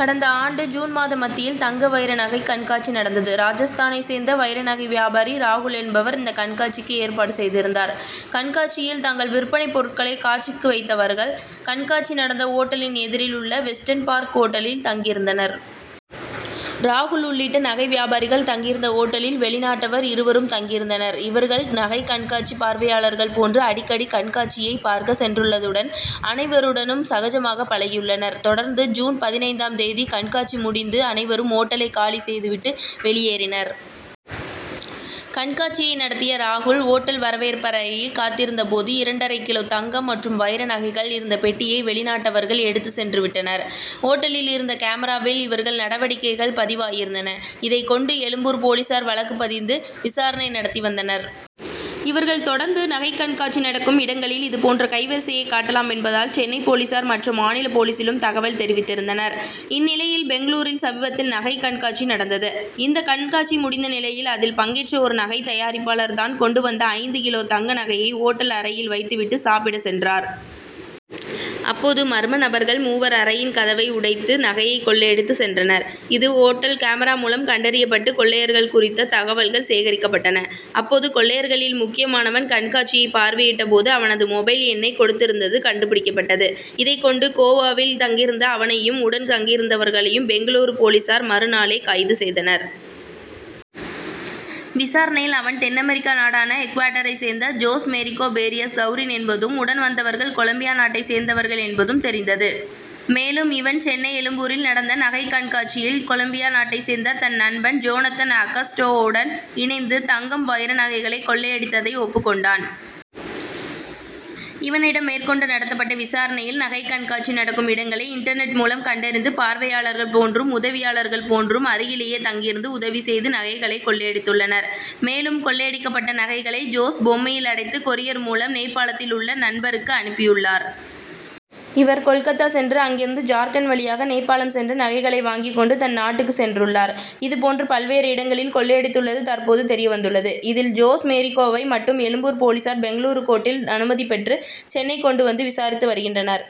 கடந்தாண்டு ஜூன் மாத மத்தியில் தங்க வைர நகை கண்காட்சி நடந்தது. ராஜஸ்தானைச் சேர்ந்த வைர நகை வியாபாரி ராகுல் என்பவர் இந்த கண்காட்சிக்கு ஏற்பாடு செய்திருந்தார். கண்காட்சியில் தங்கள் விற்பனை பொருட்களை காட்சிக்கு வைத்தவர்கள் கண்காட்சி நடந்த ஓட்டலின் எதிரில் உள்ள வெஸ்டர்ன் பார்க் ஓட்டலில் தங்கியிருந்தனர். ராகுல் உள்ளிட்ட நகை வியாபாரிகள் தங்கியிருந்த ஓட்டலில் வெளிநாட்டவர் இருவரும் தங்கியிருந்தனர். இவர்கள் நகை கண்காட்சி பார்வையாளர்கள் போன்று அடிக்கடி கண்காட்சியை பார்க்க சென்றுள்ளதுடன் அனைவருடனும் சகஜமாக பழகியுள்ளனர். தொடர்ந்து ஜூன் பதினைந்தாம் தேதி கண்காட்சி முடிந்து அனைவரும் ஓட்டலை காலி செய்து விட்டு வெளியேறினர். கண்காட்சியை நடத்திய ராகுல் ஓட்டல் வரவேற்பறையில் காத்திருந்த போது இரண்டரை கிலோ தங்கம் மற்றும் வைர நகைகள் இருந்த பெட்டியை வெளிநாட்டவர்கள் எடுத்துச் சென்று விட்டனர். ஓட்டலில் இருந்த கேமராவில் இவர்கள் நடவடிக்கைகள் பதிவாகியிருந்தன. இதைக் கொண்டு எழும்பூர் போலீசார் வழக்கு பதிந்து விசாரணை நடத்தி வந்தனர். இவர்கள் தொடர்ந்து நகை கண்காட்சி நடக்கும் இடங்களில் இதுபோன்று கைவரிசை காட்டலாம் என்பதால் சென்னை போலீசார் மற்ற மாநில போலீசிலும் தகவல் தெரிவித்திருந்தனர். இந்நிலையில் பெங்களூரில் சமீபத்தில் நகை கண்காட்சி நடந்தது. இந்த கண்காட்சி முடிந்த நிலையில் அதில் பங்கேற்ற ஒரு நகை தயாரிப்பாளர் தான் கொண்டு வந்த ஐந்து கிலோ தங்க நகையை ஓட்டல் அறையில் வைத்துவிட்டு சாப்பிடச் சென்றார். அப்போது மர்ம நபர்கள் மூவர் அறையின் கதவை உடைத்து நகையை கொள்ளையடித்துச் சென்றனர். இது ஓட்டல் கேமரா மூலம் கண்டறியப்பட்டு கொள்ளையர்கள் குறித்த தகவல்கள் சேகரிக்கப்பட்டன. அப்போது கொள்ளையர்களில் முக்கியமானவன் கண்காட்சியை பார்வையிட்ட போது அவனது மொபைல் எண்ணை கொடுத்திருந்தது கண்டுபிடிக்கப்பட்டது. இதை கொண்டு கோவாவில் தங்கியிருந்த அவனையும் உடன் தங்கியிருந்தவர்களையும் பெங்களூரு போலீசார் மறு நாளே கைது செய்தனர். விசாரணையில் அவன் தென்அமெரிக்க நாடான ஈகுவடாரைச் சேர்ந்த ஜோஸ் மேரிகோ பேரியஸ் கவுரின் என்பதும் உடன் வந்தவர்கள் கொலம்பியா நாட்டைச் சேர்ந்தவர்கள் என்பதும் தெரிந்தது. மேலும் இவன் சென்னை எழும்பூரில் நடந்த நகை கண்காட்சியில் கொலம்பியா நாட்டைச் சேர்ந்த தன் நண்பன் ஜோனத்தன் அகஸ்டோவுடன் இணைந்து தங்கம் வைர நகைகளை கொள்ளையடித்ததை ஒப்புக் கொண்டான். இவனிடம் மேற்கொண்டு நடத்தப்பட்ட விசாரணையில் நகை கண்காட்சி நடக்கும் இடங்களை இன்டர்நெட் மூலம் கண்டறிந்து பார்வையாளர்கள் போன்றும் உதவியாளர்கள் போன்றும் அருகிலேயே தங்கியிருந்து உதவி செய்து நகைகளை கொள்ளையடித்துள்ளனர். மேலும் கொள்ளையடிக்கப்பட்ட நகைகளை ஜோஸ் பொம்மையில் அடைத்து கூரியர் மூலம் நேபாளத்தில் உள்ள நண்பருக்கு அனுப்பியுள்ளார். இவர் கோல்கட்டா சென்று அங்கிருந்து ஜார்க்கண்ட் வழியாக நேபாளம் சென்று நகைகளை வாங்கிக் கொண்டு தன் நாட்டுக்கு சென்றுள்ளார். இது போன்று பல்வேறு இடங்களில் கொள்ளையடித்துள்ளது தற்போது தெரியவந்துள்ளது. இதில் ஜோஸ் மேரிகோவை மட்டும் எழும்பூர் போலீசார் பெங்களூரு கோர்ட்டில் அனுமதி பெற்று சென்னை கொண்டு வந்து விசாரித்து வருகின்றனர்.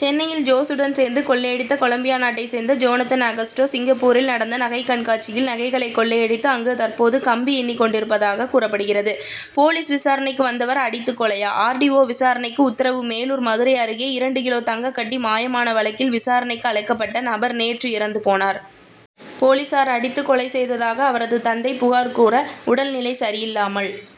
சென்னையில் ஜோசுடன் சேர்ந்து கொள்ளையடித்த கொலம்பியா நாட்டைச் சேர்ந்த ஜோனத்தன் அகஸ்டோ சிங்கப்பூரில் நடந்த நகை கண்காட்சியில் நகைகளை கொள்ளையடித்து அங்கு தற்போது கம்பி எண்ணிக் கொண்டிருப்பதாக கூறப்படுகிறது. போலீஸ் விசாரணைக்கு வந்தவர் அடித்து கொலையா ஆர். டி. ஓ. விசாரணைக்கு உத்தரவு மேலூர் மதுரை அருகே இரண்டு கிலோ தங்க கட்டி மாயமான வழக்கில் விசாரணைக்கு அழைக்கப்பட்ட நபர் நேற்று இறந்து போனார். போலீசார் அடித்து கொலை செய்ததாக அவரது தந்தை புகார் கூற உடல் நிலை சரியில்லாமல்